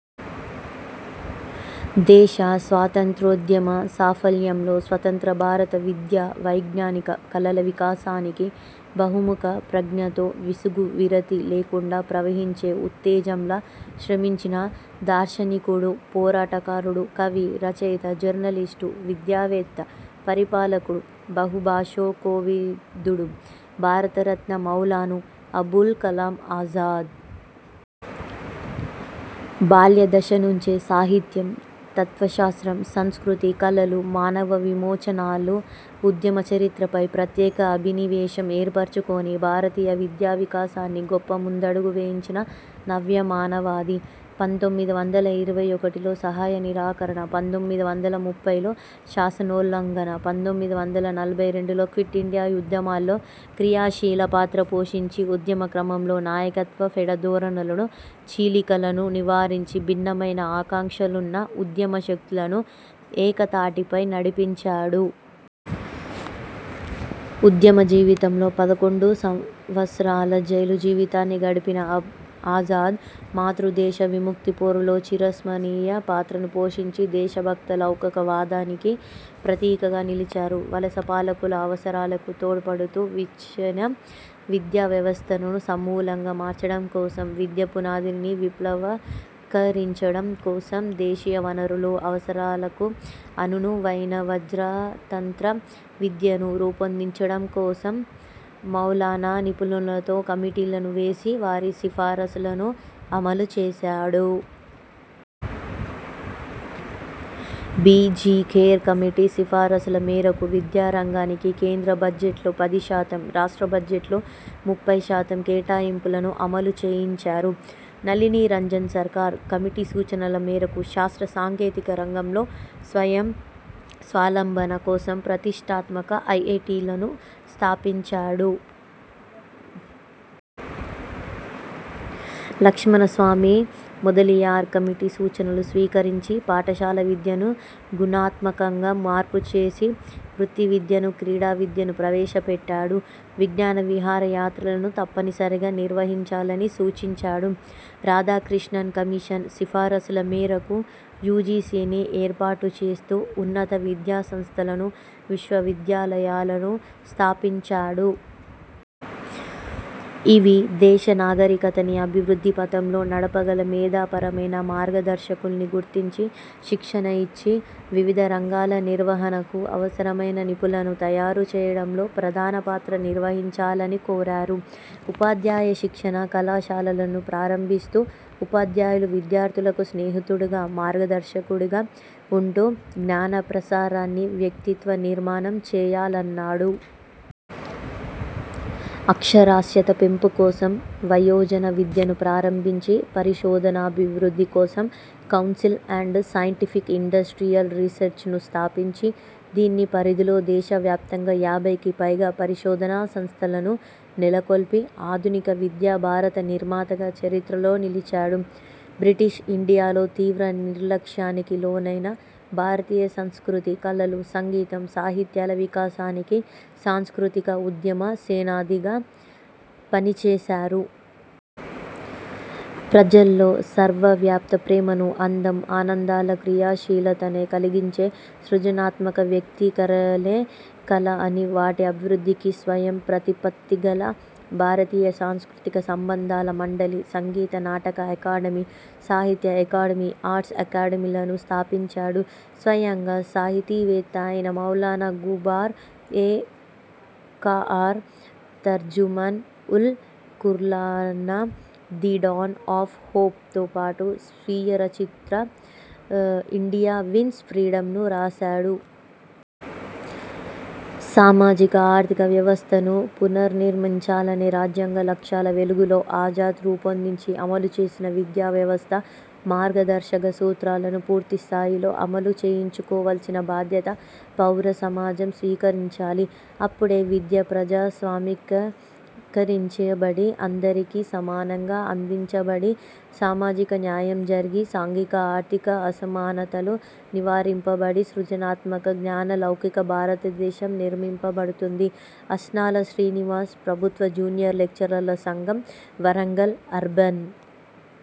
దేశ స్వాతంత్రోద్యమ సాఫల్యంలో, స్వతంత్ర భారత విద్యా, వైజ్ఞానిక, కళల వికాసానికి బహుముఖ ప్రజ్ఞతో విసుగు విరతి లేకుండా ప్రవహించే ఉత్తేజంలా శ్రమించిన దార్శనికుడు, పోరాట కారుడు, కవి, రచయిత, జర్నలిస్టు, విద్యావేత్త, పరిపాలకుడు, బహుభాషో కోవిదుడు, భారత రత్న మౌలానా అబుల్ కలామ్ ఆజాద్. బాల్య దశ నుంచే సాహిత్యం, తత్వశాస్త్రం, సంస్కృతి, కళలు, మానవ విమోచనాల ఉద్యమ చరిత్రపై ప్రత్యేక అభినివేశం ఏర్పరచుకొని భారతీయ విద్యావికాసాన్ని గొప్ప ముందడుగు వేయించిన నవ్య మానవవాది. పంతొమ్మిది వందల ఇరవై ఒకటిలో సహాయ నిరాకరణ, పంతొమ్మిది వందల ముప్పైలో శాసనోల్లంఘన, పంతొమ్మిది వందల నలభై రెండులో క్విట్ ఇండియా ఉద్యమాల్లో క్రియా శీల పాత్ర పోషించి, ఉద్యమ క్రమంలో నాయకత్వ పెఢ ధోరణులను, చీలికలను నివారించి, భిన్నమైన ఆకాంక్షలున్న ఉద్యమ శక్తులను ఏక తాటిపై నడిపించాడు. ఉద్యమ జీవితంలో పదకొండు సంవ త్సరాల జైలు జీవితాన్ని గడిపిన ఆజాద్ మాతృదేశ విముక్తి పోరులో చిర స్మరణీయ పాత్రను పోషించి, దేశభక్త లౌకక వాదానికి ప్రతీకగా నిలిచారు. వలస పాలకుల అవసరాలకు తోడ్పడుతూ వచ్చిన విద్యా వ్యవస్థను సమూలంగా మార్చడం కోసం, విద్య పునాదిని విప్లవకీకరించడం కోసం దేశీయ వనరులు, అవసరాలకు అననువైన ప్రజా తంత్ర విద్యను రూపొందించడం కోసం మౌలానా నిపుణులతో కమిటీలను వేసి వారి సిఫారసులను అమలు చేసాడు. బి. జి. ఖేర్ కమిటీ సిఫారసుల మేరకు విద్యా రంగానికి కేంద్ర బడ్జెట్లో పది శాతం, రాష్ట్ర బడ్జెట్లో ముప్పై శాతం కేటాయింపులను అమలు చేయించారు. నళిని రంజన్ సర్కార్ కమిటీ సూచనల మేరకు శాస్త్ర సాంకేతిక రంగంలో స్వయం స్వాలంబన కోసం ప్రతిష్టాత్మక ఐఐటీలను స్థాపించాడు. లక్ష్మణ స్వామి మొదలియార్ కమిటీ సూచనలు స్వీకరించి పాఠశాల విద్యను గుణాత్మకంగా మార్పు చేసి, వృత్తి విద్యను, క్రీడా విద్యను ప్రవేశ పెట్టాడు. విజ్ఞాన విహార యాత్రలను తప్పనిసరిగా నిర్వహించాలని సూచించాడు. రాధాకృష్ణన్ కమిషన్ సిఫారసుల మేరకు యూజీసీని ఏర్పాటు చేస్తూ ఉన్నత విద్యా సంస్థలను, విశ్వ విద్యాలయాలను స్థాపించాడు. ఇవి దేశ నాగరికతని అభివృద్ధి పథంలో నడప గల మేధా పరమైన మార్గ దర్శకుల్ని గుర్తించి, శిక్షణ ఇచ్చి, వివిధ రంగాల నిర్వహణకు అవసరమైన నిపుణులను తయారు చేయడంలో ప్రధాన పాత్ర నిర్వహించాలని కోరారు. ఉపాధ్యాయ శిక్షణ కళాశాలలను ప్రారంభిస్తూ ఉపాధ్యాయులు విద్యార్థులకు స్నేహితుడుగా, మార్గ దర్శకుడిగా ఉంటూ జ్ఞాన ప్రసారాన్ని, వ్యక్తిత్వ నిర్మాణం చేయాలన్నాడు. అక్షరాస్యత పెంపు కోసం వయోజన విద్యను ప్రారంభించి, పరిశోధనాభివృద్ధి కోసం కౌన్సిల్ అండ్ సైంటిఫిక్ ఇండస్ట్రీయల్ రీసెర్చ్ను స్థాపించి దీని పరిధిలో దేశవ్యాప్తంగా యాభైకి పైగా పరిశోధనా సంస్థలను నెలకొల్పి ఆధునిక విద్యా భారత నిర్మాతగా చరిత్రలో నిలిచాడు. బ్రిటిష్ ఇండియాలో తీవ్ర నిర్లక్ష్యానికి లోనైన భారతీయ సంస్కృతి, కళలు, సంగీతం, సాహిత్యాల వికాసానికి సాంస్కృతిక ఉద్యమ సేనానిగా పనిచేసారు. ప్రజల్లో సర్వవ్యాప్త ప్రేమను, అందం, ఆనందాల క్రియాశీలతనే కలిగించే సృజనాత్మక వ్యక్తీ కరణే కళ అని వాటి అభివృద్ధికి స్వయం ప్రతి పత్తి గల భారతీయ సాంస్కృతిక సంబంధాల మండలి, సంగీత నాటక అకాడమి, సాహిత్య అకాడమి, ఆర్ట్స్ అకాడమిలను స్థాపించాడు. స్వయంగా సాహితీ వేత్త ఐన మౌలానా గుబార్ ఎ ఖాఅర్, తర్జుమన్ ఉల్ ఖురాన్ల ''ది డాన్ ఆఫ్ హోప్''తో పాటు స్వీయ చరిత్ర 'ఇండియా విన్స్ ఫ్రీడమ్'ను రాసాడు. సామాజిక ఆర్ధిక వ్యవస్థను పునర్నిర్మించాలనే రాజ్యాంగ లక్ష్యాల వెలుగులో ఆజాద్ రూపాందించి అమలు చేసిన విద్యా వ్యవస్థ మార్గదర్శక సూత్రాలను పూర్తి స్థాయిలో అమలు చేయించకోవలసిన భాద్యత పౌర సమాజం స్వీకరించాలి. అప్పుడే విద్య ప్రజాస్వామికీకరించబడి అందరికీ సమానంగా అందించబడి సామాజిక న్యాయం జరిగి, సాంఘీక ఆర్థిక అసమానతలు నివారింపబడి సృజనాత్మక, జ్ఞాన, లౌకిక భారతదేశం నిర్మింపబడుతుంది. అస్నాల శ్రీనివాస్ ప్రబుత్వ జూనియర్ లెక్చరర్ల సంఘం, వరంగల్ అర్బన్